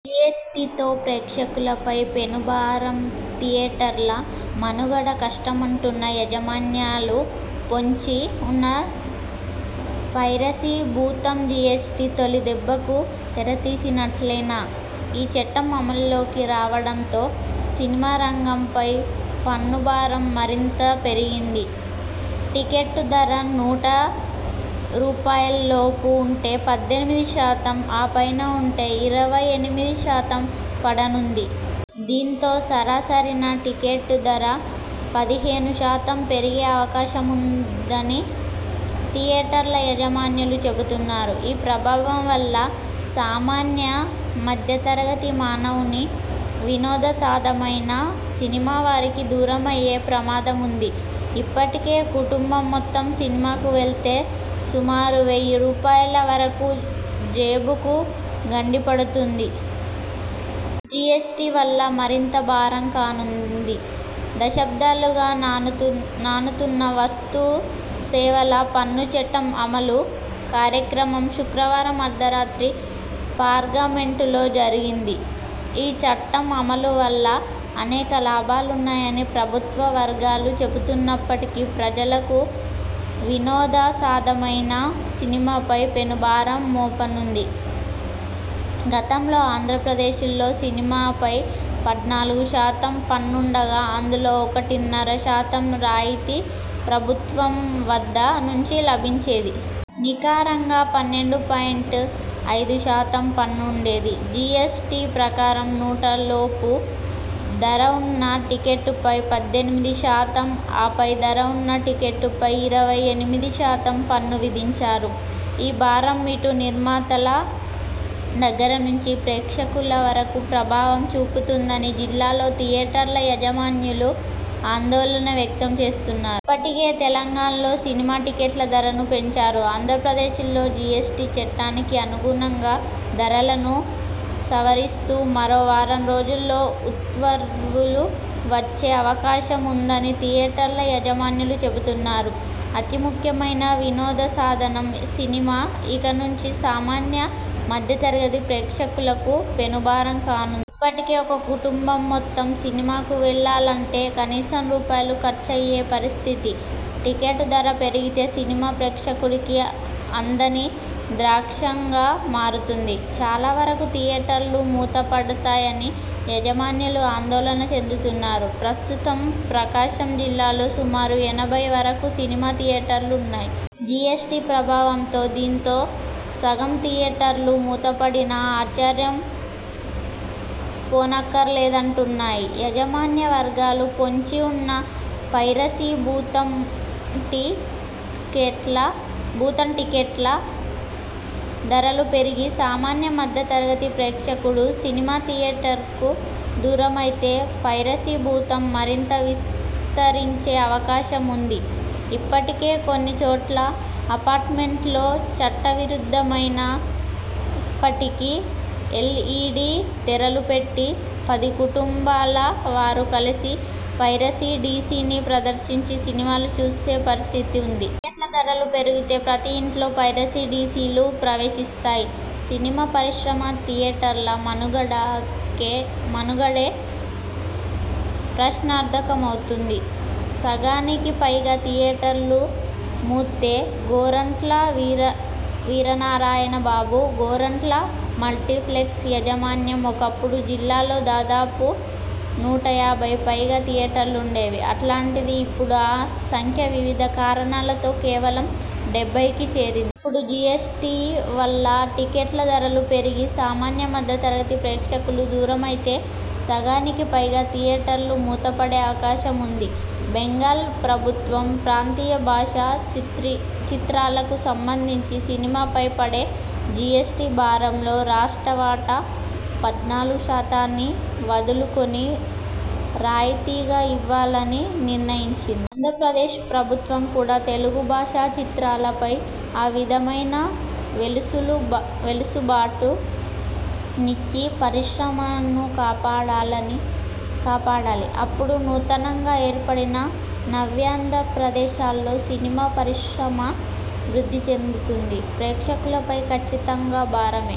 జీఎస్టీతో ప్రేక్షకులపై పెనుభారంథియేటర్ల మనుగడ కష్టమంటున్న యాజమాన్యాలుపొంచి ఉన్న పైరసి భూతంజీఎస్టీ తొలి దెబ్బకు తెర తీసినట్లేనా..! ఈ చట్టం అమలులోకి రావడంతో సినిమా రంగంపై పన్ను భారం మరింత పెరిగింది. టెకెట్టు ధర నూట రూపాయలులోపు ఉంటే పద్దెనిమిది శాతం, ఆపైన ఉంటే ఇరవై ఎనిమిది శాతం పడనుంది. దీంతో సరాసరిన టికెటు ధర పదిహేను శాతం పెరిగే అవకాశముందని థియేటర్ల యజమానులు చెబుతున్నారు. ఈ ప్రభావం వల్ల సామాన్య, మధ్య తరగతి మానవుని వినోద సాధనమైన సినిమా వారికి దూరమయ్యే ప్రమాదముంది. ఇప్పటికే కుటుంబం మొత్తం సినిమాకు వెళ్తే సుమారు వెయ్యి రూపాయల వరకు జేబుకు గండిపడుతుంది. జీఎస్టీ వల్ల మరింత భారం కానుంది. దశాబ్దాలుగా నానుతున్న వస్తు సేవల పన్ను చట్టం అమలు కార్యక్రమంశుక్రవారం అర్ధరాత్రి పార్గమెంటులో జరిగింది. ఈ చట్టం అమలు వల్ల అనేక లాభాలున్నాయని ప్రభుత్వ వర్గాలు చెబుతున్నప్పటికీ ప్రజలకు వినోద సాధమైన సినిమాపై పెనుభారం మోపనుంది. గతంలో ఆంధ్రప్రదేశ్లో సినిమాపై పద్నాలుగు శాతం పన్ను ఉండగా అందులో ఒకటిన్నర శాతం రాయితీ ప్రభుత్వం వద్ద నుంచి లభించేది. నికరంగా పన్నెండు పాయింట్ ఐదు శాతం పన్ను ఉండేది. జీఎస్ టీ ప్రకారం నూట లోపు ధర ఉన్న టికెట్టుపై పద్దెనిమిది శాతం, ఆపై ధర ఉన్న టికెట్టుపై ఇరవై ఎనిమిది శాతం పన్ను విధించారు. ఈ భారం ఇటు నిర్మాతల దగ్గర నుంచి ప్రేక్షకుల వరకు ప్రభావం చూపుతుందని జిల్లాలోని థియేటర్ల యజమానులు ఆందోళన వ్యక్తం చేస్తున్నారు. ఇప్పటికే తెలంగాణలో సినిమా టికెట్ల ధరలను పెంచారు. ఆంధ్రప్రదేశ్లోనూ జీఎస్టీ చట్టానికి అనుగుణంగా ధరలను సవరిస్తూ మరో వారం రోజుల్లో ఉత్తర్వులు వచ్చే అవకాశం ఉందని థియేటర్ల యాజమాన్యాలు చెబుతున్నాయి. అతి ముఖ్యమైన వినోదసాధనం సినిమా ఇక నుంచి సామాన్య, మధ్యతరగతి ప్రేక్షకులకు పెనుభారం కానుంది. ఇప్పటికే ఒక కుటుంబం మొత్తం సినిమాకు వెళ్లాలంటే కనీసం రూ. ఖర్చయ్యే పరిస్థితి. టికెట్ల ధర పెరిగితే సినిమా ప్రేక్షకుడికి అందని ద్రాక్షగా మారుతుంది. చాలావరకు థియేటర్లు మూతప డతాయని యాజమాన్యాలు ఆందోళన చెందుతున్నాయి. ప్రస్తుతం ప్రకాశం జిల్లాలో సుమారు ఎనభై వరకు సినిమా థియేటర్లు ఉన్నాయి. జీఎస్టీ ప్రభావంతో దీంట్లో సగం థియేటర్లు మూతపడినా ఆశ్చర్య పోనక్కరలేదంటు న్నాయి యాజమాన్య వర్గాలు. పొంచి ఉన్న పైరసీ భూతంటికెట్ల ధరలు పెరిగి సామాన్య, మధ్య తరగతి ప్రేక్షకుడు సినిమా థియేటర్కు దూరమైతే పైరసీ భూతం మరింత విస్తరించే అవకాశం ఉంది. ఇప్పటికే కొన్ని చోట్ల అపార్టుమెంట్లలో చట్టవిరుద్ధమైన ప్పటికీ ఎల్ఈడీ తెరలు పెట్టి పదికుటుం బాల వారు కలిసి పైరసి డీ సిని ప్రదర్శించి సినిమాలు చూసే పరిస్థితి ఉంది. టికెట్ల ధరలు పెరిగితే ప్రతి ఇంట్లోకి పైరసి సీడీలు ప్రవేశిస్తాయి. సినిమా పరిశ్రమ, థియేటర్ల మనుగడే ప్రశ్నార్థకమవుతుంది. సగానికి పైగా థియేటర్లు మూతే గోరంట్ల వీరనారాయణ బాబు, గోరంట్ల మల్టీప్లెక్స్ యాజమాన్యం ఒకపుడు జిల్లాలో దాదా పు నూట యాభై పైగా థియేటర్లు ఉండేవి. అలాంటిది ఇప్పుడు ఆ సంఖ్య వివిధ కారణాలతో కేవలం డెబ్బైకి చేరింది. ఇపుడు జీఎస్టీ వల్ల టికెట్ల ధరలు పెరిగి సామాన్య, మధ్య తరగతి ప్రేక్షకులు దూరమైతే సగానికి పైగా థియేటర్లు మూతపడే అవకాశం ఉంది. బెంగాల్ ప్రభుత్వం ప్రాంతీయ భాషా చిత్రాలకు సంబంధించి సినిమాపై పడే జీఎస్టీ భారంలో రాష్ట్ర వాటా పద్నాలుగు శాతాన్ని వదులు కుని రాయితీగా ఇవ్వాలని నిర్ణయిం చింది. ఆంధ్రప్రదేశ్ ప్రభుత్వం కూడా తెలుగు భాషా చిత్రాలపై ఆ విధమైన వెసులుబాటు నిచ్చి పరిశ్రమను కాపాడాలి. అపుడు నూతనంగా ఏర్పడిన నవ్యాంధ్ర ప్రదేశ్లో సినిమా పరిశ్రమ వృద్ధి చెందుతుంది. ప్రేక్షకులపై ఖచ్చితంగా భారమే